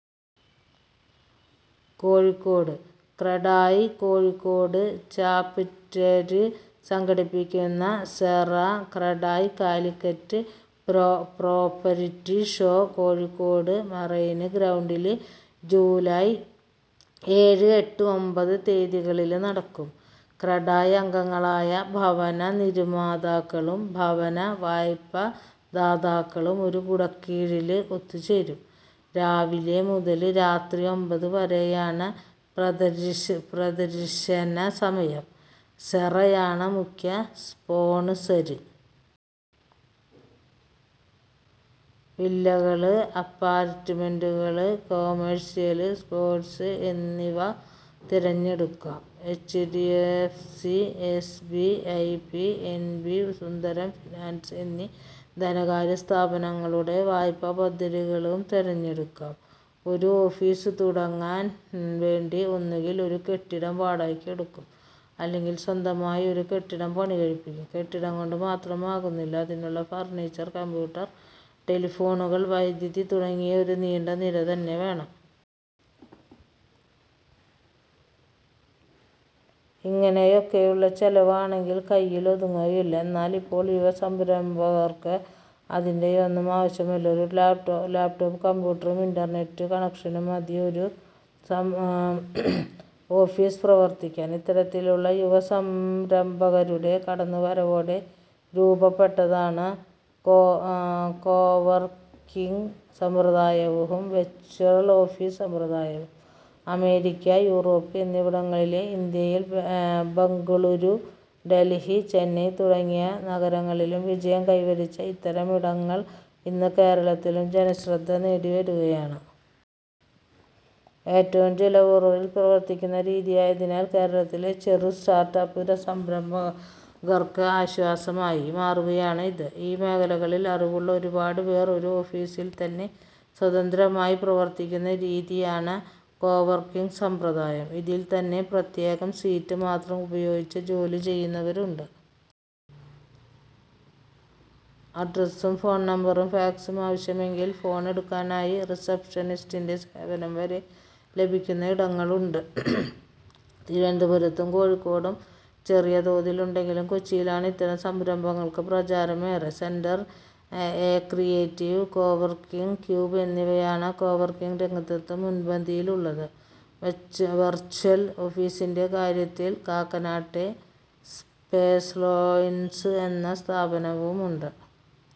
കോഴിക്കോട്:ക്രഡായ് Kozhikode chapter സംഘടിപ്പിക്കുന്ന Cera CREDAI Calicut property show Kozhikode marine ഗ്രൗണ്ടില് July ഏഴ്, എട്ട്, ഒമ്പത് തിയതികളില് നടക്കും. ക്രഡായ് അംഗങ്ങളായ ഭവന നിര്മാതാക്കളും ഭവനവായ്പാദാതാക്കളും ഒരു കുടക്കീഴില് ഒത്തുചേരും. രാവിലെ മുതല് രാത്രി ഒമ്പതുവരെയാണ് പ്രദര്ശന സമയം. സെറയാണ് മുഖ്യ സ്പോണ്സര്. വില്ലകള്, അപ്പാര്ട്ട്മെന്റുകള്, കൊമേഴ്സ്യല് സ്പേസ് എന്നിവ തിരഞ്ഞെടുക്കാം. എച്ച്ഡിഎഫ്സി, എസ്ബിഐ, പിഎന്ബി, സുന്ദരം ഫിനാന്സ് എന്നീ ധനകാര്യസ്ഥാപനങ്ങളുടെ വായ്പാപദ്ധതികളും തിരഞ്ഞെടുക്കാം. ഒരു ഓഫീസ് തുടങ്ങാൻ വേണ്ടി ഒന്നുകിൽ ഒരു കെട്ടിടം വാടകയ്ക്കെടുക്കും അല്ലെങ്കിൽ സ്വന്തമായി ഒരു കെട്ടിടം പണി കഴിപ്പിക്കും. കെട്ടിടം കൊണ്ട് മാത്രമാകുന്നില്ല അതിനായുള്ള ഫർണിച്ചർ, കംപ്യൂട്ടറുകൾ, ടെലിഫോണുകൾ, വൈദ്യുതി തുടങ്ങി ഒരു നീണ്ട നിര തന്നെ വേണം. ഇങ്ങനെയൊക്കെയുള്ള ചെലവ് ആണെങ്കിൽ കൈയിൽ ഒതുങ്ങുകയുമില്ല. എന്നാൽ ഇപ്പോൾ യുവ സംരംഭകർക്ക് ഇതിന്റെയൊന്നും അതിന്റെ ആവശ്യമില്ല. ഒരു ലാപ്ടോപ് കംപ്യൂട്ടറും ഇന്റർനെറ്റ് കണക്ഷനും മതി ഒരു ഓഫീസ് പ്രവർത്തിപ്പിക്കാൻ. ഇത്തരത്തിലുള്ള യുവ സംരംഭകരുടെ കടന്നുവരവോടെ രൂപപ്പെട്ടതാണ് കോവർക്കിങ് സമ്പ്രദായവും വെർച്വൽ ഓഫീസ് സമ്പ്രദായവും. അമേരിക്ക, യൂറോപ്പ് എന്നിവിടങ്ങളിലും, ഇന്ത്യയിൽ ബെംഗളൂരു, ഡൽഹി, ചെന്നൈ തുടങ്ങിയ നഗരങ്ങളിലും വിജയം കൈവരിച്ച ഇത്തരം ഇടങ്ങൾ ഇന്ന് കേരളത്തിലും ജനശ്രദ്ധ നേടിവരികയാണ്. ഏറ്റവും ചെലവ് കുറവിൽ പ്രവർത്തിക്കുന്ന രീതിയായതിനാൽ കേരളത്തിലെ ചെറു സ്റ്റാർട്ട്അപ്പ് സംരംഭകർക്ക് ആശ്വാസമായി മാറുകയാണ് ഇത്. പലഈ മേഖലകളിൽ അറിവുള്ള ഒരുപാട് പേർ ഒരു ഓഫീസിൽ തന്നെ സ്വതന്ത്രമായി പ്രവർത്തിക്കുന്ന രീതിയാണ് കോവർക്കിങ് സമ്പ്രദായം. ഇതിൽ തന്നെ പ്രത്യേകം സീറ്റ് മാത്രം ഉപയോഗിച്ച് ജോലി ചെയ്യുന്നവരുമുണ്ട്. അഡ്രസ്സും ഫോൺ നമ്പറും ഫാക്സും ആവശ്യമെങ്കിൽ ഫോൺ എടുക്കാനായി റിസപ്ഷനിസ്റ്റിന്റെ സേവനം വരെ ലഭ്യമാക്കുന്ന ഇടങ്ങളുണ്ട്. തിരുവനന്തപുരത്തും കോഴിക്കോടും ചെറിയ തോതിൽ ഉണ്ടെങ്കിലും കൊച്ചിയിലാണ് ഇത്തരം സംരംഭങ്ങൾക്ക് പ്രചാരം ഏറെ. Centre A, creative coworking cube എന്നിവയാണ് കോവർക്കിങ് രംഗത്ത് മുൻപന്തിയിലുള്ളത്. വെർച്വൽ ഓഫീസിന്റെ കാര്യത്തിൽ കാക്കനാട്ടെ സ്പേസ്ലാൻസ് എന്ന സ്ഥാപനവുമുണ്ട്.